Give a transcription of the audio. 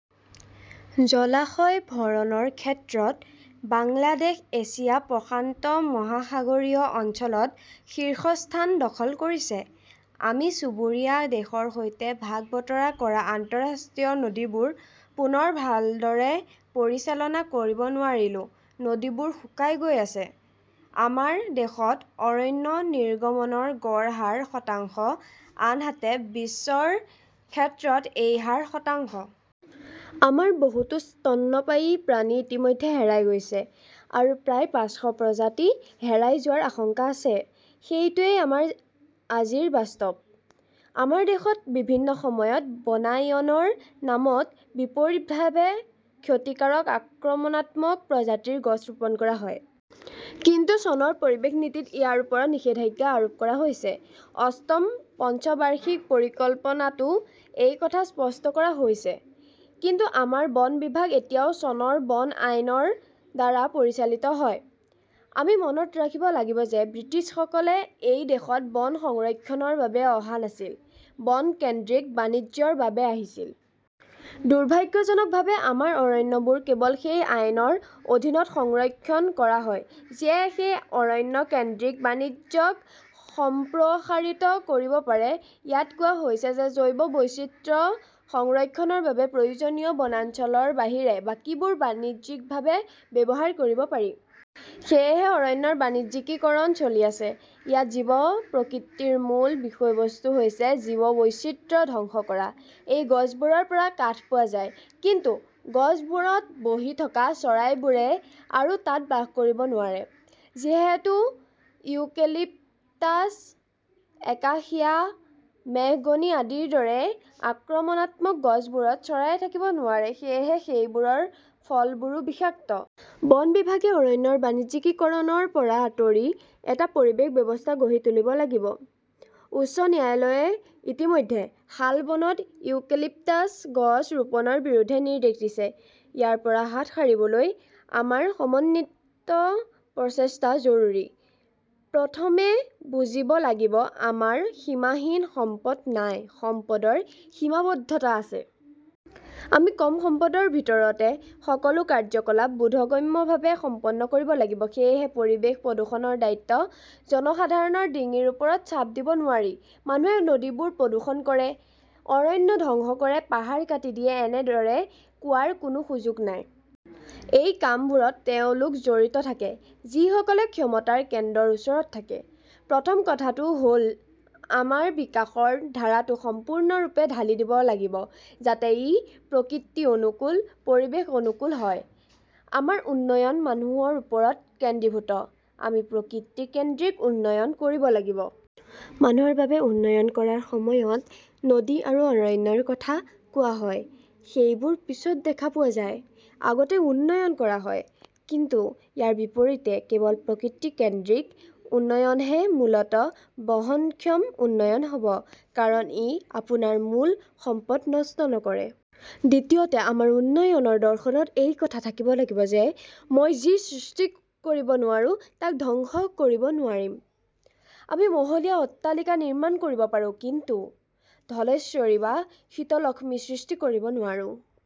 জলাশয় ভৰণৰ ক্ষেত্ৰত বাংলাদেশ এছিয়া-প্ৰশান্ত মহাসাগৰীয় অঞ্চলত শীৰ্ষস্থান দখল কৰিছে। আমি চুবুৰীয়া দেশৰ সৈতে ভাগ বতৰা কৰা আন্তঃৰাষ্ট্ৰীয় নদীবোৰ পুনৰ ভালদৰে পৰিচালনা কৰিব নোৱাৰিলো। নদীবোৰ শুকাই গৈ আছে। আমাৰ দেশত অৰণ্য নিৰ্গমনৰ গড় হাৰ শতাংশ, আনহাতে বিশ্বৰ ক্ষেত্ৰত এই হাৰ শতাংশ। আমাৰ বহুতো স্তন্যপায়ী প্ৰাণী ইতিমধ্যে হেৰাই গৈছে। আৰু প্ৰায় পাঁচশ প্ৰজাতি হেৰাই যোৱাৰ আশংকা আছে। সেইটোৱেই আমাৰ আজিৰ বাস্তৱ। আমাৰ দেশত বিভিন্ন সময়ত বনায়নৰ নামত বিপৰীতভাৱে ক্ষতিকাৰক আক্ৰমণাত্মক প্ৰজাতিৰ গছ ৰোপণ কৰা হয়। কিন্তু চনৰ পৰিৱেশ নীতিত ইয়াৰ ওপৰত নিষেধাজ্ঞা আৰোপ কৰা হৈছে। অষ্টম পঞ্চবাৰ্ষিক পৰিকল্পনাতও এই কথা স্পষ্ট কৰা হৈছে। কিন্তু আমাৰ বন বিভাগ এতিয়াও চনৰ বন আইনৰ দ্বাৰা পৰিচালিত হয়। আমি মনত ৰাখিব লাগিব যে ব্ৰিটিছসকলে এই দেশত বন সংৰক্ষণৰ বাবে অহা নাছিল, বন-কেন্দ্ৰিক বাণিজ্যৰ বাবে আহিছিল। দুৰ্ভাগ্যজনকভাৱে, আমাৰ অৰণ্যবোৰ কেৱল সেই আইনৰ অধীনত সংৰক্ষণ কৰা হয় যিয়ে সেই অৰণ্য-কেন্দ্ৰিক বাণিজ্যক সম্প্ৰসাৰিত কৰিব পাৰে। ইয়াত কোৱা হৈছে যে জৈৱ বৈচিত্ৰ্য সংৰক্ষণৰ বাবে প্ৰয়োজনীয় বনাঞ্চলৰ বাহিৰে বাকীবোৰ বাণিজ্যিকভাৱে ব্যৱহাৰ কৰিব পাৰি। সেয়েহে, অৰণ্যৰ বাণিজ্যিকীকৰণ চলি আছে। ইয়াত জীৱ-প্ৰকৃতিৰ মূল বিষয়বস্তু হৈছে জৈৱ বৈচিত্ৰ্য ধ্বংস কৰা। এই গছবোৰৰ পৰা কাঠ পোৱা যায়; কিন্তু গছবোৰত বহি থকা চৰাইবোৰে আৰু তাত বাস কৰিব নোৱাৰে। যিহেতু ইউকেলিপ্টাছ, একাসিয়া, মেহগনি আদিৰ দৰে আক্ৰমণাত্মক গছবোৰত চৰাই থাকিব নোৱাৰে, সেয়েহে সেইবোৰৰ ফলবোৰো বিষাক্ত। বন বিভাগে অৰণ্যৰ বাণিজ্যিকীকৰণৰ পৰা আঁতৰি এটা পৰিৱেশ ব্যৱস্থা গঢ়ি তুলিব লাগিব। উচ্চ ন্যায়ালয়ে ইতিমধ্যে শালবনত ইউকেলিপ্টাছ গছ ৰোপণৰ বিৰুদ্ধে নিৰ্দেশ দিছে। ইয়াৰ পৰা হাত সাৰিবলৈ আমাৰ সমন্বিত প্ৰচেষ্টা জৰুৰী। প্ৰথমে বুজিব লাগিব-আমাৰ সীমাহীন সম্পদ নাই, সম্পদৰ সীমাবদ্ধতা আছে। আমি কম সম্পদৰ ভিতৰতে সকলো কাৰ্যকলাপ বোধগম্যভাৱে সম্পন্ন কৰিব লাগিব। সেয়েহে পৰিৱেশ প্ৰদূষণৰ দায়িত্ব জনসাধাৰণৰ ডিঙিৰ ওপৰত চাপ দিব নোৱাৰি। মানুহে নদীবোৰ প্ৰদূষণ কৰে, অৰণ্য ধ্বংস কৰে, পাহাৰ কাটি দিয়ে-এনেদৰে কোৱাৰ কোনো সুযোগ নাই। এই কামবোৰত তেওঁলোক জড়িত থাকে, যিসকলে ক্ষমতাৰ কেন্দ্ৰৰ ওচৰত থাকে। প্ৰথম কথাটো হ 'ল-আমাৰ বিকাশৰ ধাৰাটো সম্পূৰ্ণৰূপে ঢালি দিব লাগিব, যাতে ই প্ৰকৃতি অনুকূল, পৰিৱেশ-অনুকূল হয়। আমাৰ উন্নয়ন মানুহৰ ওপৰত কেন্দ্ৰীভূত। আমি প্ৰকৃতি-কেন্দ্ৰিক উন্নয়ন কৰিব লাগিব। মানুহৰ বাবে উন্নয়ন কৰাৰ সময়ত নদী আৰু অৰণ্যৰ কথা কোৱা হয়-সেইবোৰ পিছত দেখা পোৱা যায়, আগতে উন্নয়ন কৰা হয়। কিন্তু ইয়াৰ বিপৰীতে, কেৱল প্ৰকৃতি-কেন্দ্ৰিক উন্নয়নহে মূলতঃ বহনক্ষম উন্নয়ন হ 'ব। কাৰণ ই আপোনাৰ মূল সম্পদ নষ্ট নকৰে। দ্বিতীয়তে, আমাৰ উন্নয়নৰ দৰ্শনত এই কথা থাকিব লাগিব যে মই যি সৃষ্টি কৰিব নোৱাৰো তাক ধ্বংস কৰিব নোৱাৰিম। আমি মহলীয়া অট্টালিকা নিৰ্মাণ কৰিব পাৰোঁ; কিন্তু ধলেশ্বৰী বা শীতলক্ষ্মী সৃষ্টি কৰিব নোৱাৰোঁ।